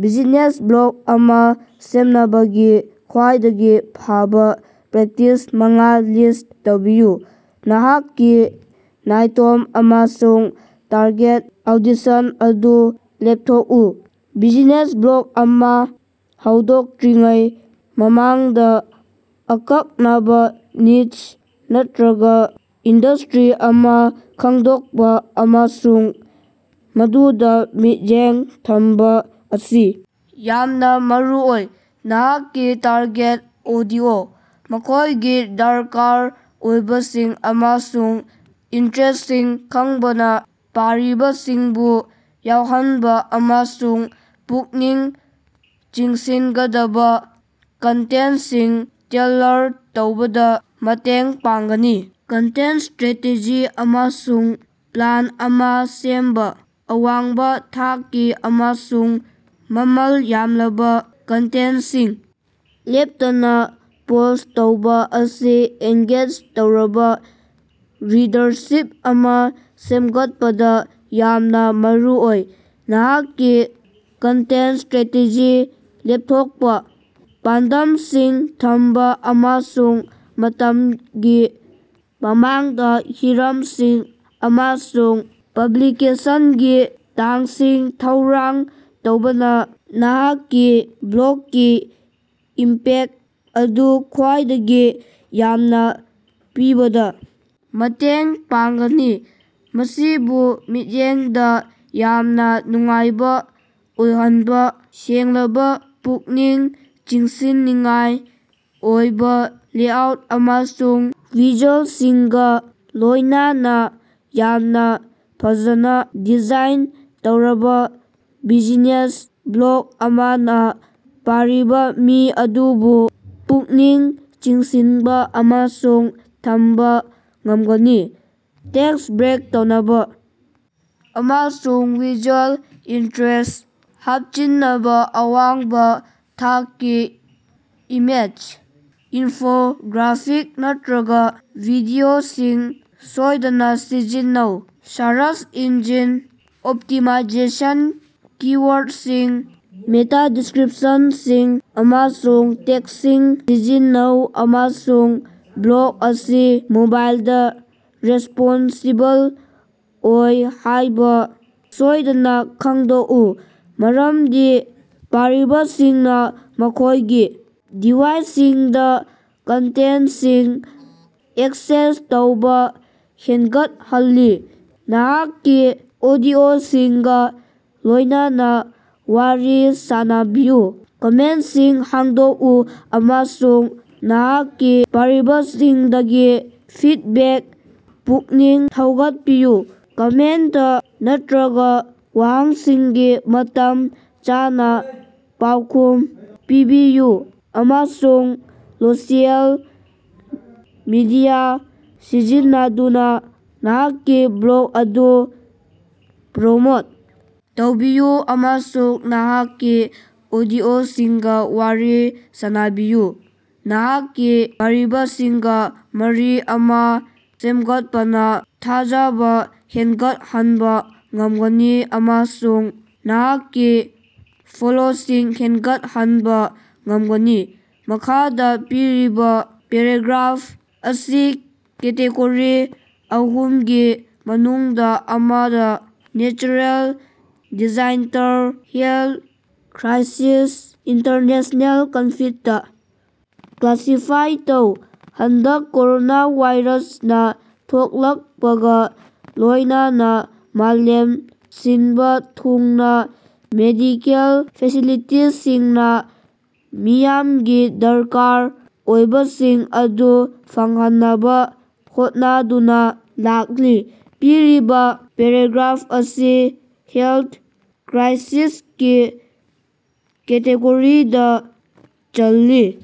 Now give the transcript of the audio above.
Business block ꯑꯃꯥ ꯁꯦꯝꯅꯕꯒꯤ ꯈ꯭ꯋꯥꯏꯗꯒꯤ ꯐꯕꯥ ꯄ꯭ꯔꯦꯛꯇꯤꯁ ꯃꯉꯥ ꯂꯤꯁ ꯇꯧꯕꯤꯌꯨ꯫ ꯅꯍꯥꯛꯀꯤ ꯅꯥꯏꯇꯣꯝ ꯑꯃꯁꯨꯡ ꯇꯥꯔꯒꯦꯠ ꯑꯣꯗꯤꯁꯟ ꯑꯗꯨ ꯂꯦꯞꯊꯣꯛꯎ: ꯕꯤꯖꯤꯅꯦꯁ ꯕ꯭ꯂꯣꯛ ꯑꯃꯥ ꯍꯧꯗꯣꯛꯇ꯭ꯔꯤꯉꯩ ꯃꯃꯥꯡꯗꯥ, ꯑꯀꯛꯅꯕꯥ ꯅꯤꯆ ꯅꯠꯇ꯭ꯔꯒꯥ ꯏꯟꯗꯁꯇ꯭ꯔꯤ ꯑꯃꯥ ꯈꯪꯗꯣꯛꯄꯥ ꯑꯃꯁꯨꯡ ꯃꯗꯨꯗꯥ ꯃꯤꯠꯌꯦꯡ ꯊꯝꯕꯥ ꯑꯁꯤ ꯌꯥꯝꯅꯥ ꯃꯔꯨꯑꯣꯏ꯫ ꯅꯍꯥꯛꯀꯤ ꯇꯥꯔꯒꯦꯠ ꯑꯣꯗꯤꯑꯣ, ꯃꯈꯣꯏꯒꯤ ꯗꯔꯀꯥꯔ ꯑꯣꯏꯕꯁꯤꯡ ꯑꯃꯁꯨꯡ ꯏꯟꯇꯔꯦꯁꯁꯤꯡ ꯈꯪꯕꯅꯥ ꯄꯥꯔꯤꯕꯁꯤꯡꯕꯨ ꯌꯥꯎꯍꯟꯕꯥ ꯑꯃꯁꯨꯡ ꯄꯨꯛꯅꯤꯡ ꯆꯤꯡꯁꯤꯟꯒꯗꯕꯥ ꯀꯟꯇꯦꯟꯁꯤꯡ ꯇꯦꯜꯂꯔ ꯇꯧꯕꯗꯥ ꯃꯇꯦꯡ ꯄꯥꯡꯒꯅꯤ꯫ ꯀꯟꯇꯦꯟꯇ ꯁ꯭ꯇꯔꯦꯇꯦꯖꯤ ꯑꯃꯁꯨꯡ ꯄ꯭ꯂꯥꯟ ꯑꯃꯥ ꯁꯦꯝꯕꯥ: ꯑꯋꯥꯡꯕꯥ ꯊꯥꯛꯀꯤ ꯑꯃꯁꯨꯡ ꯃꯃꯜ ꯌꯥꯝꯂꯕꯥ ꯀꯟꯇꯦꯟꯇꯁꯤꯡ ꯂꯦꯞꯇꯅꯥ ꯄꯣꯁ ꯇꯧꯕꯥ ꯑꯁꯤ ꯑꯦꯡꯒꯦꯖ ꯇꯧꯔꯕꯥ ꯔꯤꯗꯔꯁꯤꯞ ꯑꯃꯥ ꯁꯦꯝꯒꯠꯄꯗꯥ ꯌꯥꯝꯅꯥ ꯃꯔꯨꯑꯣꯏ꯫ ꯅꯍꯥꯛꯀꯤ ꯀꯟꯇꯦꯟꯇ ꯁ꯭ꯇꯔꯦꯇꯦꯖꯤ ꯂꯦꯞꯊꯣꯛꯄꯥ, ꯄꯥꯟꯗꯝꯁꯤꯡ ꯊꯝꯕꯥ ꯑꯃꯁꯨꯡ ꯃꯇꯝꯒꯤ ꯃꯃꯥꯡꯗꯥ ꯍꯤꯔꯝꯁꯤꯡ ꯑꯃꯁꯨꯡ ꯄꯕ꯭ꯂꯤꯀꯦꯁꯟꯒꯤ ꯇꯥꯡꯁꯤꯡ ꯊꯧꯔꯥꯡ ꯇꯧꯕꯅꯥ ꯅꯍꯥꯛꯀꯤ ꯕ꯭ꯂꯣꯛꯀꯤ ꯏꯝꯄꯦꯛ ꯑꯗꯨ ꯈ꯭ꯋꯥꯏꯗꯒꯤ ꯌꯥꯝꯅꯥ ꯄꯤꯕꯗꯥ ꯃꯇꯦꯡ ꯄꯥꯡꯒꯅꯤ꯫ ꯃꯁꯤꯕꯨ ꯃꯤꯠꯌꯦꯡꯗꯥ ꯌꯥꯝꯅꯥ ꯅꯨꯡꯉꯥꯏꯕꯥ ꯑꯣꯏꯍꯟꯕꯥ: ꯁꯦꯡꯂꯕꯥ, ꯄꯨꯛꯅꯤꯡ ꯆꯤꯡꯁꯤꯟꯅꯤꯡꯉꯥꯏ ꯑꯣꯏꯕꯥ ꯂꯦꯑꯥꯎꯠ ꯑꯃꯁꯨꯡ ꯚꯤꯖꯨꯑꯦꯜꯁꯤꯡꯒꯥ ꯂꯣꯏꯅꯅꯥ ꯌꯥꯝꯅꯥ ꯐꯖꯅꯥ ꯗꯤꯖꯥꯏꯟ ꯇꯧꯔꯕꯥ ꯕꯤꯖꯤꯅꯦꯁ ꯕ꯭ꯂꯣꯛ ꯑꯃꯅꯥ ꯄꯥꯔꯤꯕꯥ ꯃꯤ ꯑꯗꯨꯕꯨ ꯄꯨꯛꯅꯤꯡ ꯆꯤꯡꯁꯤꯟꯕꯥ ꯑꯃꯁꯨꯡ ꯊꯝꯕꯥ ꯉꯝꯒꯅꯤ꯫ ꯇꯦꯛꯁ ꯕ꯭ꯔꯦꯛ ꯇꯧꯅꯕꯥ ꯑꯃꯁꯨꯡ ꯚꯤꯖꯨꯑꯦꯜ ꯏꯟꯇ꯭ꯔꯦꯁ ꯍꯥꯞꯆꯤꯟꯅꯕꯥ ꯑꯋꯥꯡꯕꯥ ꯊꯥꯛꯀꯤ ꯏꯃꯦꯖ, ꯏꯟꯐꯣꯒ꯭ꯔꯥꯐꯤꯛ ꯅꯠꯇ꯭ꯔꯒꯥ ꯚꯤꯗꯤꯑꯣꯁꯤꯡ ꯁꯣꯏꯗꯅꯥ ꯁꯤꯖꯤꯟꯅꯧ꯫ ꯁꯔꯁ ꯏꯟꯖꯤꯟ ꯑꯣꯞꯇꯤꯃꯥꯏꯖꯦꯁꯟ ꯀꯤ-ꯋꯥꯔꯗꯁꯤꯡ, ꯃꯦꯇꯥ ꯗꯤꯁꯀ꯭ꯔꯤꯞꯁꯟꯁꯤꯡ ꯑꯃꯁꯨꯡ ꯇꯦꯛꯁꯤꯡ ꯁꯤꯖꯤꯟꯅꯧ ꯑꯃꯁꯨꯡ ꯕ꯭ꯂꯣꯛ ꯑꯁꯤ ꯃꯣꯕꯥꯏꯜꯗꯥ ꯔꯦꯁꯄꯣꯟꯁꯤꯕꯜ ꯑꯣꯏ ꯍꯥꯏꯕꯥ ꯁꯣꯏꯗꯅꯥ ꯈꯪꯗꯣꯛꯎ, ꯃꯔꯝꯗꯤ ꯄꯥꯔꯤꯕꯁꯤꯡꯅꯥ ꯃꯈꯣꯏꯒꯤ ꯗꯤꯚꯥꯏꯁꯁꯤꯡꯗꯥ ꯀꯟꯇꯦꯟꯇꯁꯤꯡ ꯑꯦꯛꯁꯦꯁ ꯇꯧꯕꯥ ꯍꯦꯟꯒꯠꯍꯜꯂꯤ꯫ ꯅꯍꯥꯛꯀꯤ ꯑꯣꯗꯤꯑꯣꯁꯤꯡꯒꯥ ꯂꯣꯏꯅꯅꯥ ꯋꯥꯔꯤ ꯁꯥꯅꯕꯤꯌꯨ: ꯀꯃꯦꯟꯇꯁꯤꯡ ꯍꯥꯡꯗꯣꯛꯎ ꯑꯃꯁꯨꯡ ꯅꯍꯥꯛꯀꯤ ꯄꯥꯔꯤꯕꯁꯤꯡꯗꯒꯤ ꯐꯤꯠꯕꯦꯛ ꯄꯨꯛꯅꯤꯡ ꯊꯧꯒꯠꯄꯤꯌꯨ꯫ ꯀꯃꯦꯟꯇ ꯅꯠꯇ꯭ꯔꯒꯥ ꯋꯥꯍꯪꯁꯤꯡꯒꯤ ꯃꯇꯝ ꯆꯥꯅꯥ ꯄꯥꯎꯈꯨꯝ ꯄꯤꯕꯤꯌꯨ ꯑꯃꯁꯨꯡ ꯁꯣꯁꯤꯑꯦꯜ ꯃꯤꯗꯤꯌꯥ ꯁꯤꯖꯤꯟꯅꯗꯨꯅꯥ ꯅꯍꯥꯛꯀꯤ ꯕ꯭ꯂꯣꯛ ꯑꯗꯨ ꯄ꯭ꯔꯃꯣꯠ ꯇꯧꯕꯤꯌꯨ ꯑꯃꯁꯨꯡ ꯅꯍꯥꯛꯀꯤ ꯑꯣꯗꯤꯑꯣꯁꯤꯡꯒꯥ ꯋꯥꯔꯤ ꯁꯥꯅꯕꯤꯌꯨ꯫ ꯅꯍꯥꯛꯀꯤ ꯄꯥꯔꯤꯕꯁꯤꯡꯒꯥ ꯃꯔꯤ ꯑꯃꯥ ꯁꯦꯝꯒꯠꯄꯅꯥ ꯊꯥꯖꯕꯥ ꯍꯦꯟꯒꯠꯍꯟꯕꯥ ꯉꯝꯒꯅꯤ ꯑꯃꯁꯨꯡ ꯅꯍꯥꯛꯀꯤ ꯐꯣꯂꯣꯋꯤꯡ ꯍꯦꯟꯒꯠꯍꯟꯕꯥ ꯉꯝꯒꯅꯤ꯫ ꯃꯈꯥꯗꯥ ꯄꯤꯔꯤꯕꯥ ꯄꯦꯔꯥꯒ꯭ꯔꯥꯐ ꯑꯁꯤ ꯀꯦꯇꯦꯒꯣꯔꯤ ꯑꯍꯨꯝꯒꯤ ꯃꯅꯨꯡꯗꯥ ꯑꯃꯗꯥ (natural disaster, health crisis, international conflict) classify ꯇꯧ꯫ ꯍꯟꯗꯛ ꯀꯣꯔꯣꯅꯥꯚꯥꯏꯔꯁꯅꯥ ꯊꯣꯛꯂꯛꯄꯒꯥ ꯂꯣꯏꯅꯅꯥ ꯃꯥꯂꯦꯝ ꯁꯤꯟꯕꯥ ꯊꯨꯡꯅꯥ ꯃꯦꯗꯤꯀꯦꯜ ꯐꯦꯁꯤꯂꯤꯇꯤꯁꯤꯡꯅꯥ ꯃꯤꯌꯥꯝꯒꯤ ꯗꯔꯀꯥꯔ ꯑꯣꯏꯕꯁꯤꯡ ꯑꯗꯨ ꯐꯪꯍꯟꯅꯕꯥ ꯍꯣꯠꯅꯗꯨꯅꯥ ꯂꯥꯛꯂꯤ꯫ ꯄꯤꯔꯤꯕꯥ ꯄꯦꯔꯥꯒ꯭ꯔꯥꯐ ꯑꯁꯤ ꯍꯦꯜꯊ ꯀ꯭ꯔꯥꯏꯁꯤꯁꯀꯤ ꯀꯦꯇꯦꯒꯣꯔꯤꯗꯥ ꯆꯜꯂꯤ꯫